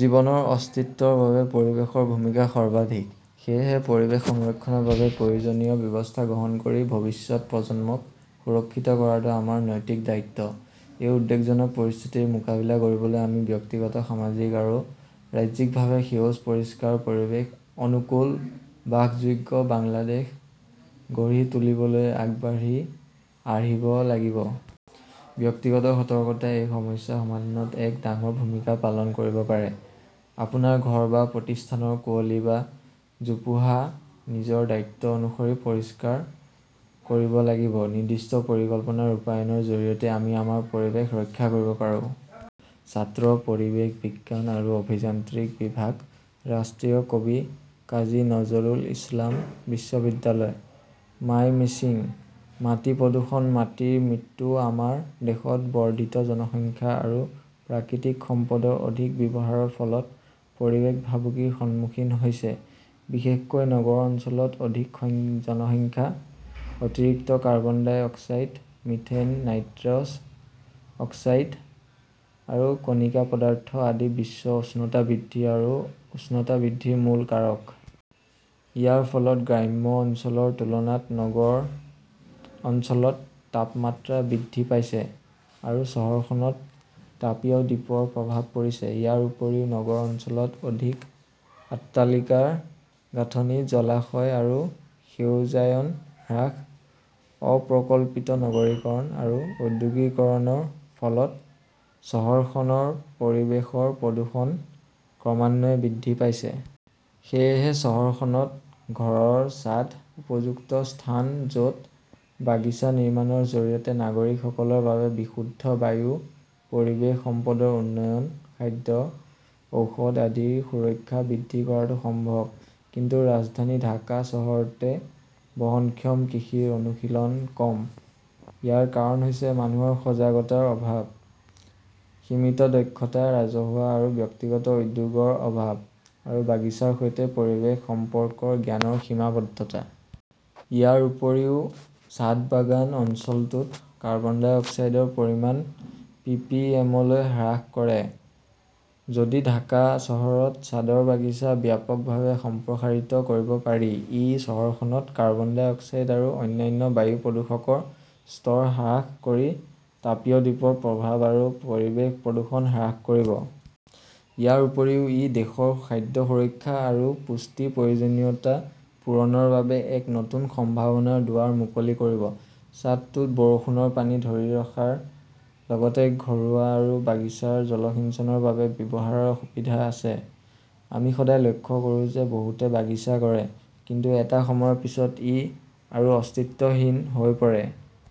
জীৱনৰ অস্তিত্বৰ বাবে পৰিৱেশৰ ভূমিকা সৰ্বাধিক। সেয়েহে পৰিৱেশ সংৰক্ষণৰ বাবে প্ৰয়োজনীয় ব্যৱস্থা গ্ৰহণ কৰি ভৱিষ্যত প্ৰজন্মক সুৰক্ষিত কৰাটো আমাৰ নৈতিক দায়িত্ব। এই উদ্বেগজনক পৰিস্থিতিৰ মোকাবিলা কৰিবলৈ আমি ব্যক্তিগত, সামাজিক আৰু ৰাজ্যিকভাৱে সেউজ পৰিষ্কাৰ পৰিৱেশ অনুকূল বাসযোগ্য বাংলাদেশ গঢ়ি তুলিবলৈ আগবাঢ়ি আহিব লাগিব। ব্যক্তিগত সতৰ্কতাই এই সমস্যা সমাধানত এক ডাঙৰ ভূমিকা পালন কৰিব পাৰে। আপোনাৰ ঘৰ বা প্ৰতিষ্ঠানৰ কুঁৱলী বা জোপোহা নিজৰ দায়িত্ব অনুসৰি পৰিষ্কাৰ কৰিব লাগিব। নিৰ্দিষ্ট পৰিকল্পনা ৰূপায়ণৰ জৰিয়তে আমি আমাৰ পৰিৱেশ ৰক্ষা কৰিব পাৰোঁ। ছাত্ৰ, পৰিৱেশ বিজ্ঞান আৰু অভিযান্ত্ৰিক বিভাগ, ৰাষ্ট্ৰীয় কবি কাজী নজৰুল ইছলাম বিশ্ববিদ্যালয়, মাইমেশ্বিং। মাটি প্ৰদূষণ মাটিৰ মৃত্যু আমাৰ দেশত বৰ্ধিত জনসংখ্যা আৰু প্ৰাকৃতিক সম্পদৰ অধিক ব্যৱহাৰৰ ফলত পৰিৱেশ ভাবুকিৰ সন্মুখীন হৈছে। বিশেষকৈ নগৰ অঞ্চলত অধিক জনসংখ্যা, অতিৰিক্ত carbon dioxide, methane, nitrous oxide আৰু কণিকা পদাৰ্থ আদি বিশ্ব উষ্ণতা বৃদ্ধি আৰু উষ্ণতা বৃদ্ধিৰ মূল কাৰক। ইয়াৰ ফলত গ্ৰাম্য অঞ্চলৰ তুলনাত নগৰ অঞ্চলত তাপমাত্ৰা বৃদ্ধি পাইছে আৰু চহৰখনত তাপীয় দ্বীপৰ প্ৰভাৱ পৰিছে। ইয়াৰ উপৰিও নগৰ অঞ্চলত অধিক অট্টালিকাৰ গাঁথনি, জলাশয় আৰু সেউজায়ন হ্ৰাস, অপ্ৰিকল্পিত নগৰীকৰণ আৰু ঔদ্যোগিকৰণৰ ফলত চহৰখনৰ পৰিৱেশৰ প্ৰদূষণ ক্ৰমান্বয়ে বৃদ্ধি পাইছে। সেয়েহে চহৰখনত ঘৰৰ ছাদ উপযুক্ত স্থান য'ত বাগিচা নিৰ্মাণৰ জৰিয়তে নাগৰিকসকলৰ বাবে বিশুদ্ধ বায়ু, পৰিৱেশ সম্পদৰ উন্নয়ন, খাদ্য, ঔষধ আদিৰ সুৰক্ষা বৃদ্ধি কৰাটো সম্ভৱ। কিন্তু ৰাজধানী ঢাকা চহৰতে বহনক্ষম কৃষিৰ অনুশীলন কম, ইয়াৰ কাৰণ হৈছে মানুহৰ সজাগতাৰ অভাৱ, সীমিত দক্ষতা, ৰাজহুৱা আৰু ব্যক্তিগত উদ্যোগৰ অভাৱ, আৰু বাগিচাৰ সৈতে পৰিৱেশ সম্পৰ্কৰ জ্ঞানৰ সীমাবদ্ধতা। ইয়াৰ উপৰিও ছাদবাগান অঞ্চলটোত কাৰ্বন ডাই অক্সাইডৰ পৰিমাণ পিপিএমলৈ হ্ৰাস কৰে। যদি ঢাকা চহৰত ছাদৰ বাগিচা ব্যাপকভাৱে সম্প্ৰসাৰিত কৰিব পাৰি, ই চহৰখনত কাৰ্বন ডাই অক্সাইড আৰু অন্যান্য বায়ু প্ৰদূষকৰ স্তৰ হ্ৰাস কৰি তাপীয় দ্বীপৰ প্ৰভাৱ আৰু পৰিৱেশ প্ৰদূষণ হ্ৰাস কৰিব। ইয়াৰ উপৰিও ই দেশৰ খাদ্য সুৰক্ষা আৰু পুষ্টিৰ প্ৰয়োজনীয়তা পূৰণৰ বাবে এক নতুন সম্ভাৱনাৰ দুৱাৰ মুকলি কৰিব। ছাদটোত বৰষুণৰ পানী ধৰি ৰখাৰ লগতে ঘৰুৱা আৰু বাগিচাৰ জলসিঞ্চনৰ বাবে ব্যৱহাৰৰ সুবিধা আছে। আমি সদায় লক্ষ্য কৰোঁ যে বহুতে বাগিচা কৰে, কিন্তু এটা সময়ৰ পিছত ই আৰু অস্তিত্বহীন হৈ পৰে।